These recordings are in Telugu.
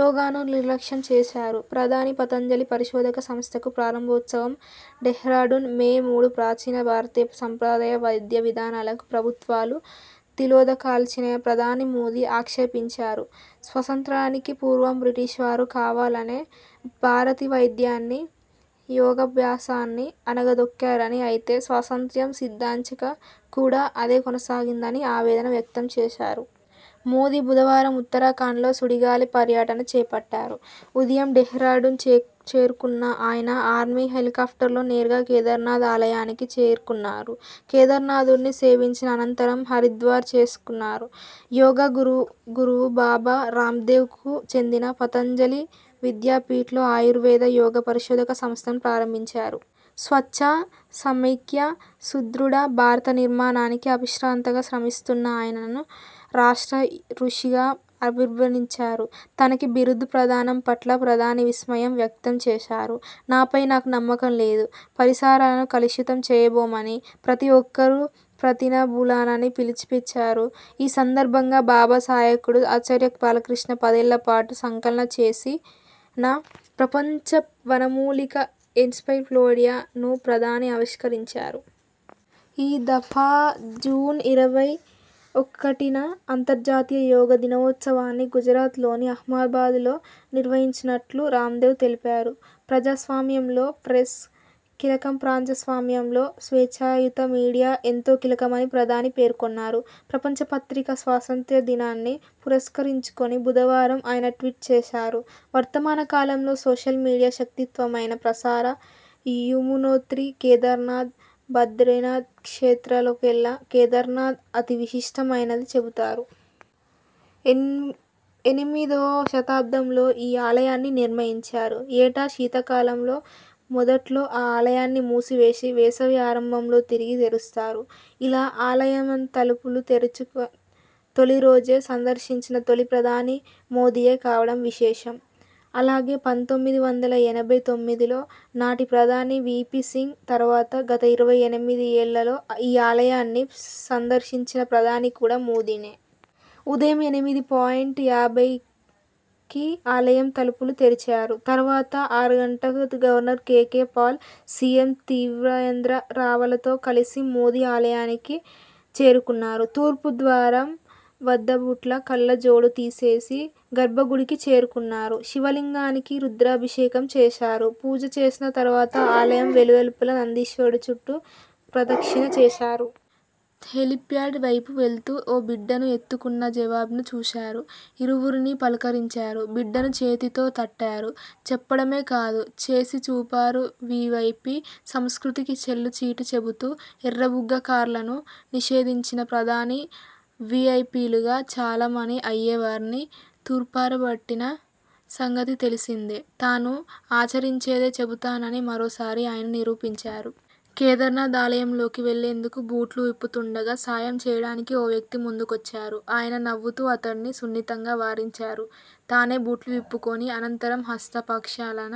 యోగానూ నిర్లక్ష్యం చేశారు ప్రధాని పతంజలి పరిశోధక సంస్థకు ప్రారంభోత్సవం డెహ్రాడూన్, మే మూడు ప్రాచీన భారతీయ సంప్రదాయ వైద్య విధానాలకు ప్రభుత్వాలు తిలోదకాలిచ్చాయని ప్రధాని మోదీ ఆక్షేపించారు. స్వాసంత్ర్యానికి పూర్వం బ్రిటీష్ వారు కావాలనే భారతీయ వైద్యాన్ని, యోగాభ్యాసాన్ని అణగదొక్కారని, అయితే స్వాసంత్య్రం సిద్ధించాక కూడా అదే కొనసాగిందని ఆవేదన వ్యక్తంచేశారు. మోదీ బుధవారం ఉత్తరాఖండ్లో సుడిగాలి పర్యటన చేపట్టారు. ఉదయం డెహ్రాడూన్ చే చేరుకున్న ఆయన ఆర్మీ హెలికాప్టర్లో నేరుగా కేదారనాథ్ ఆలయానికి చేరుకున్నారు. కేదారనాథుడిని సేవించిన అనంతరం హరిద్వార్ చేసుకున్నారు. యోగా గురువు బాబా రామ్దేవ్ కు చెందిన పతంజలి విద్యాపీఠ్లో ఆయుర్వేద యోగా పరిశోధక సంస్థను ప్రారంభించారు. స్వచ్ఛ, సమైక్య, సుదృఢ భారత నిర్మాణానికి అవిశ్రాంతంగా శ్రమిస్తున్న ఆయనన్ను 'రాష్ట్ర రుషి'గా అభిర్ర్ణించారు. తనకీ బిరుదు ప్రదానం పట్ల ప్రధాని విస్మయం వ్యక్తంచేశారు. నాపై నాకు నమ్మకం లేదు. పరిసరాలను కలుషితం చేయబోమని ప్రతి ఒక్కరూ ప్రతినబూనాలని పిలుపిచ్చారు. ఈ సందర్భంగా బాబా సహాయకుడు ఆచార్య బాలకృష్ణ పదేళ్లపాటు సంకలనం చేసిన 'ప్రపంచ వనమూలిక ఎన్సైక్లోపిడియా'ను ప్రధాని ఆవిష్కరించారు. ఈ దఫా జూన్ ఇరవై ఒకటిన అంతర్జాతీయ యోగా దినోత్సవాన్ని గుజరాతలోని అహ్మదాబాద్లో నిర్వహించనున్నట్లు రాందేవ్ తెలిపారు. ప్రజాస్వామ్యంలో 'ప్రెస్' కీలకంప్రజాస్వామ్యంలో స్వేచ్ఛాయుత మీడియా ఎంతో కీలకమని ప్రధాని పేర్కొన్నారు. ప్రపంచ పత్రికా స్వాతంత్య్ర దినాన్ని పురస్కరించుకుని బుధవారం ఆయన ట్వీట్ చేశారు. వర్తమాన కాలంలో సోషల్ మీడియా శక్తిత్తమైన ప్రసార, యమునోత్రి, కేదారనాథ్, బదరీనాథ్ క్షేత్రాల్లోకెల్లా కేదారనాథ్ అతి విశిష్టమైనదని చెబుతారు. ఎన్ ఎనిమిదో శతాబ్దంలో ఈ ఆలయాన్ని నిర్మించారు. ఏటా శీతాకాలంలో మొదట్లోఆ ఆలయాన్ని మూసివేసి.. వేసవి ఆరంభంలో తిరిగి తెరుస్తారు. ఇలా ఆల యం తలుపులు తెరచు తొలి రోజే సందర్శించిన తొలి ప్రధాని మోదీయే కావడం విశేషం. అలాగే పంతొమ్మిది వందల ఎనభై తొమ్మిదిలో నాటి ప్రధాని వీపీ సింగ్ తర్వాత గత ఇరవై ఎనిమిది ఏళ్లలో ఈ ఆలయా న్ని సందర్శించిన ప్రధాని కూడా మోదీనే. ఉదయం ఎనిమిది పాయింట్ యాభైకి ఆలయం తలుపులు తెరిచారు. తర్వాత అరగంటకు governor KK Paul, CM Trivendra రావతలతో కలిసి మోదీ ఆలయానికి చేరుకున్నారు. తూర్పు ద్వారం వద్ద బూట్ల, కళ్లజోడు తీసేసి.. గర్భగుడికి చేరుకున్నారు. శివలింగానికి రుద్రాభిషేకం చేశారు. పూజ చేసిన తర్వాత ఆలయం వెలుపల నందీశ్వరుడి చుట్టూ ప్రదక్షిణ చేశా రు. హెలిప్యాడ్ వైపు వెళ్తూ.. ఓ బిడ్డను ఎత్తుకున్న జవాన్ను చూశారు. ఇరువురినీ పలుకరించారు. బిడ్డను చేతితో తట్టారు. చెప్పడమే కాదు.. చేసిచూపారువీఐపీ సంస్కృతికి చెల్లుచీటీ చెబుతూ ఎర్రబుగ్గ కార్లను నిషేధించిన ప్రధాని.. వీఐపీలుగా చలామణి అయ్యేవారిని తూర్పారబట్టిన సంగతి తెలిసిందే. తాను ఆచరించేదే చెబుతానని మరోసారి ఆయన నిరూపించారు. కేదారనాథ్ ఆలయంలోకి వెళ్లేందుకు బూట్లు విప్పుతుండగా.. సాయం చేయడానికి ఓ వ్యక్తి ముందుకొచ్చారు. ఆయన నవ్వుతూ అతడిని సున్నితంగా వారించారు. తానే బూట్లు విప్పుకొని.. అనంతరం హస్త ప్రక్షాళన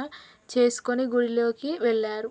చేసుకుని గుడిలోకి వెళ్లారు.